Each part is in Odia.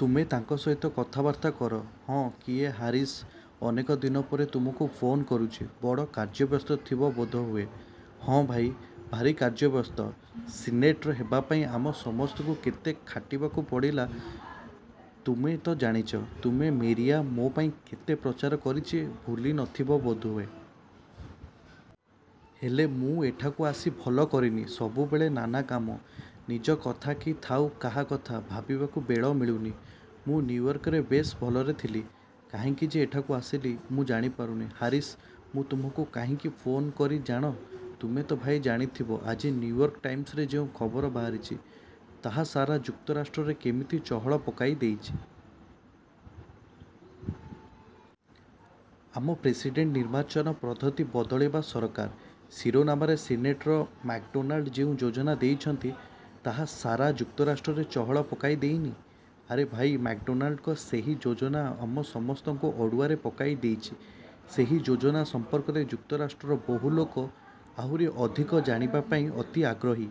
ତୁମେ ତାଙ୍କ ସହିତ କଥାବାର୍ତ୍ତା କର। ହଁ କିଏ ହାରିସ, ଅନେକ ଦିନ ପରେ ତୁମକୁ ଫୋନ୍ କରୁଛି। ବଡ଼ କାର୍ଯ୍ୟବ୍ୟସ୍ତ ଥିବ ବୋଧହୁଏ। ହଁ ଭାଇ, ଭାରି କାର୍ଯ୍ୟବ୍ୟସ୍ତ। ସିନେଟର ହେବାପାଇଁ ଆମ ସମସ୍ତଙ୍କୁ କେତେ ଖାଟିବାକୁ ପଡ଼ିଲା, ତୁମେ ତ ଜାଣିଛ। ତୁମେ, ମେରିଆ ମୋ ପାଇଁ କେତେ ପ୍ରଚାର କରିଛି, ଭୁଲି ନ ଥିବ ବୋଧହୁଏ। ହେଲେ ମୁଁ ଏଠାକୁ ଆସି ଭଲ କରିନି। ସବୁବେଳେ ନାନା କାମ। ନିଜ କଥା କି ଥାଉ କାହା କଥା ଭାବିବାକୁ ବେଳ ମିଳୁନି। ମୁଁ ନିଉୟର୍କରେ ବେଶ ଭଲରେ ଥିଲି। କାହିଁକି ଯେ ଏଠାକୁ ଆସିଲି, ମୁ ଜାଣି ପାରୁନି। ହାରିସ୍, ମୁଁ ତୁମକୁ କାହିଁକି ଫୋନ୍ କରି ଜାଣ' ତୁମେ ତ ଭାଇ ଜାଣି ଥିବ ଆଜିନିଉୟର୍କ ଟାଇମସରେ ଯେଉଁ ଖବର ବାହାରିଛି, ତାହା ସାରା ଯୁକ୍ତରାଷ୍ଟ୍ରରେ କେମିତି ଚହଳ ପକାଇ ଦେଇଛି। ଆମ ପ୍ରେସିଡେଣ୍ଟନିର୍ବାଚନ ପଦ୍ଧତି ବଦଳିବା ସରକାର,' ଶିରୋନାମାରେ ସିନେଟର ମାକଡୋନାଲଡ୍ ଯେଉଁ ଯୋଜନା ଦେଇଛନ୍ତି, ତାହା ସାରା ଯୁକ୍ତରାଷ୍ଟ୍ରରେ ଚହଳ ପକାଇ ଦେଇନି? ଆରେ ଭାଇ, ମାକଡୋନାଲ୍ଡଙ୍କ ସେହି ଯୋଜନା ଆମ ସମସ୍ତଙ୍କୁ ଅଡ଼ୁଆରେ ପକାଇ ଦେଇଛି। ସେଇ ଯୋଜନା ସମ୍ପର୍କରେ ଯୁକ୍ତରାଷ୍ଟ୍ରର ବହୁ ଲୋକ ଆହୁରି ଅଧିକ ଜାଣିବା ପାଇଁ ଅତି ଆଗ୍ରହୀ।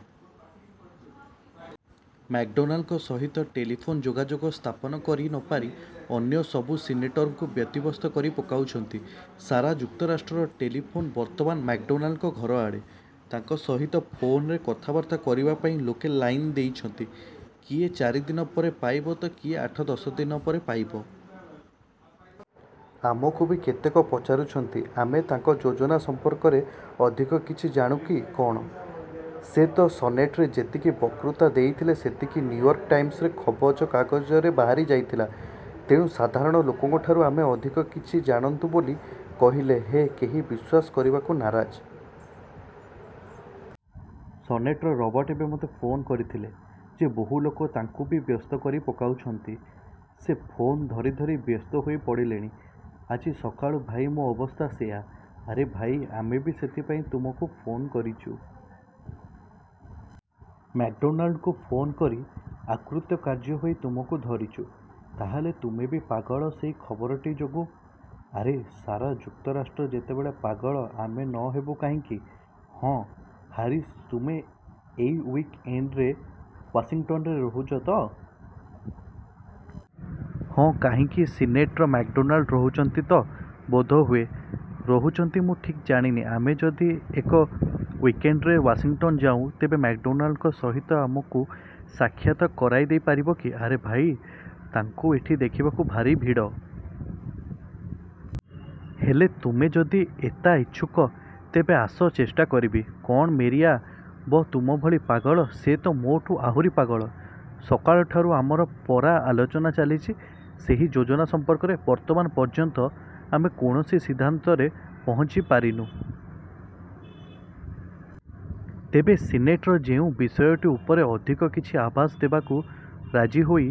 ମାକଡୋନାଲ୍ଡଙ୍କ ସହିତ ଟେଲିଫୋନ୍ ଯୋଗାଯୋଗ ସ୍ଥାପନ କରି ନପାରି ଅନ୍ୟ ସବୁ ସିନେଟରଙ୍କୁ ବ୍ୟତିବ୍ୟସ୍ତ କରି ପକାଉଛନ୍ତି। ସାରା ଯୁକ୍ତରାଷ୍ଟ୍ରର ଟେଲିଫୋନ୍ ବର୍ତ୍ତମାନ ମାକ ଡୋନାଲ୍ଡଙ୍କ ଘର ଆଡ଼େ। ତାଙ୍କ ସହିତ ଫୋନରେ କଥାବାର୍ତ୍ତା କରିବା ପାଇଁ ଲୋକେ ଲାଇନ୍ ଦେଇଛନ୍ତି। କିଏ ଚାରିଦିନ ପରେ ପାଇବ ତ କିଏ ଆଠଦଶ ଦିନ ପରେ ପାଇବ। ଆମକୁ ବି କେତେକ ପଚାରୁଛନ୍ତି, ଆମେ ତାଙ୍କ ଯୋଜନା ସମ୍ପର୍କରେ ଅଧିକ କିଛି ଜାଣୁ କି' କ'ଣ? ସେ ତ ସନେଟରେ ଯେତିକି ବକୃତା ଦେଇଥିଲେ ସେତିକି ନିଉୟର୍କ ଟାଇମସ୍ ଖବର କାଗଜରେ ବାହାରି ଯାଇଥିଲା। ତେଣୁ ସାଧାରଣ ଲୋକଙ୍କଠାରୁ ଆମେ ଅଧିକ କିଛି ଜାଣୁନ୍ତୁ ବୋଲି କହିଲେ ହେ କେହି ବିଶ୍ୱାସ କରିବାକୁ ନାରାଜ। ସନେଟର୍ ରବର୍ଟ ଏବେ ମୋତେ ଫୋନ୍ କରିଥିଲେ ଯେ ବହୁ ଲୋକ ତାଙ୍କୁ ବି ବ୍ୟସ୍ତ କରି ପକାଉଛନ୍ତି। ସେ ଫୋନ୍ ଧରି ଧରି ବ୍ୟସ୍ତ ହୋଇ ପଡ଼ିଲେଣି। ଆଜି ସକାଳୁ ଭାଇ ମୋ ଅବସ୍ଥା ସେଇଆ। ' 'ଆରେ ଭାଇ, ଆମେ ବି ସେଥିପାଇଁ ତୁମକୁ ଫୋନ୍ କରିଛୁ। ମାକ୍ଡୋନାଲଡଙ୍କୁ ଫୋନ୍ କରି ଅକୃତକାର୍ଯ୍ୟ ହୋଇ ତୁମକୁ ଧରିଛୁ। ତା ହେଲେ ତୁମେ ବି ପାଗଳ ସେଇ ଖବରଟି ଯୋଗୁଁ। ଆରେ, ସାରା ଯୁକ୍ତରାଷ୍ଟ୍ର ଯେତେବେଳେ ପାଗଳ, ଆମେ ନ ହେବୁ କାହିଁକି? ହଁ, ହାରିସ୍, ତୁମେ ଏଇ ଉଇକ୍ ଏଣ୍ଡରେ ୱାସିଙ୍ଗଟନ୍ରେ ରହୁଛ ତ? ହଁ, କାହିଁକି? ସିନେଟର୍ ମାକଡୋନାଲଡ୍ ରହୁଛନ୍ତି ତ? ବୋଧେ ହୁଏ, ରହୁଛନ୍ତି, ମୁଁ ଠିକ୍ ଜାଣିନି। ଆମେ ଯଦି ଏଇ ଉଇକଏଣ୍ଡରେ ୱାସିଙ୍ଗଟନ୍ ଯାଉଁ ତେବେ ମାକଡୋନଲ୍ଡଙ୍କ ସହିତ ଆମକୁ ସାକ୍ଷାତ କରାଇ ଦେଇ ପାରିବ କି? 'ଆରେ ଭାଇ, ତାଙ୍କୁ ଏଠି ଦେଖିବାକୁ ଭାରି ଭିଡ଼। ହେଲେ ତୁମେ ଯଦି ଏତା ଇଛୁକ, ତେବେ ଆସ, ଚେଷ୍ଟା କରିବି। କ'ଣ ମେରିଆ ବ ତୁମ ଭଳି ପାଗଳ? ସେ ତ ମୋଠୁ ଆହୁରି ପାଗଳ। ସକାଳଠାରୁ ଆମର ପରା ଆଲୋଚନା ଚାଲିଛି, ସେହି ଯୋଜନା ସମ୍ପର୍କରେ। ବର୍ତ୍ତମାନ ପର୍ଯ୍ୟନ୍ତ ଆମେ କୌଣସି ସିଦ୍ଧାନ୍ତରେ ପହଞ୍ଚି ପାରିନୁ। ତେବେ ସିନେଟର ଯେଉଁ ବିଷୟଟି ଉପରେ ଅଧିକ କିଛି ଆଭାଷ ଦେବାକୁ ରାଜି ହୋଇ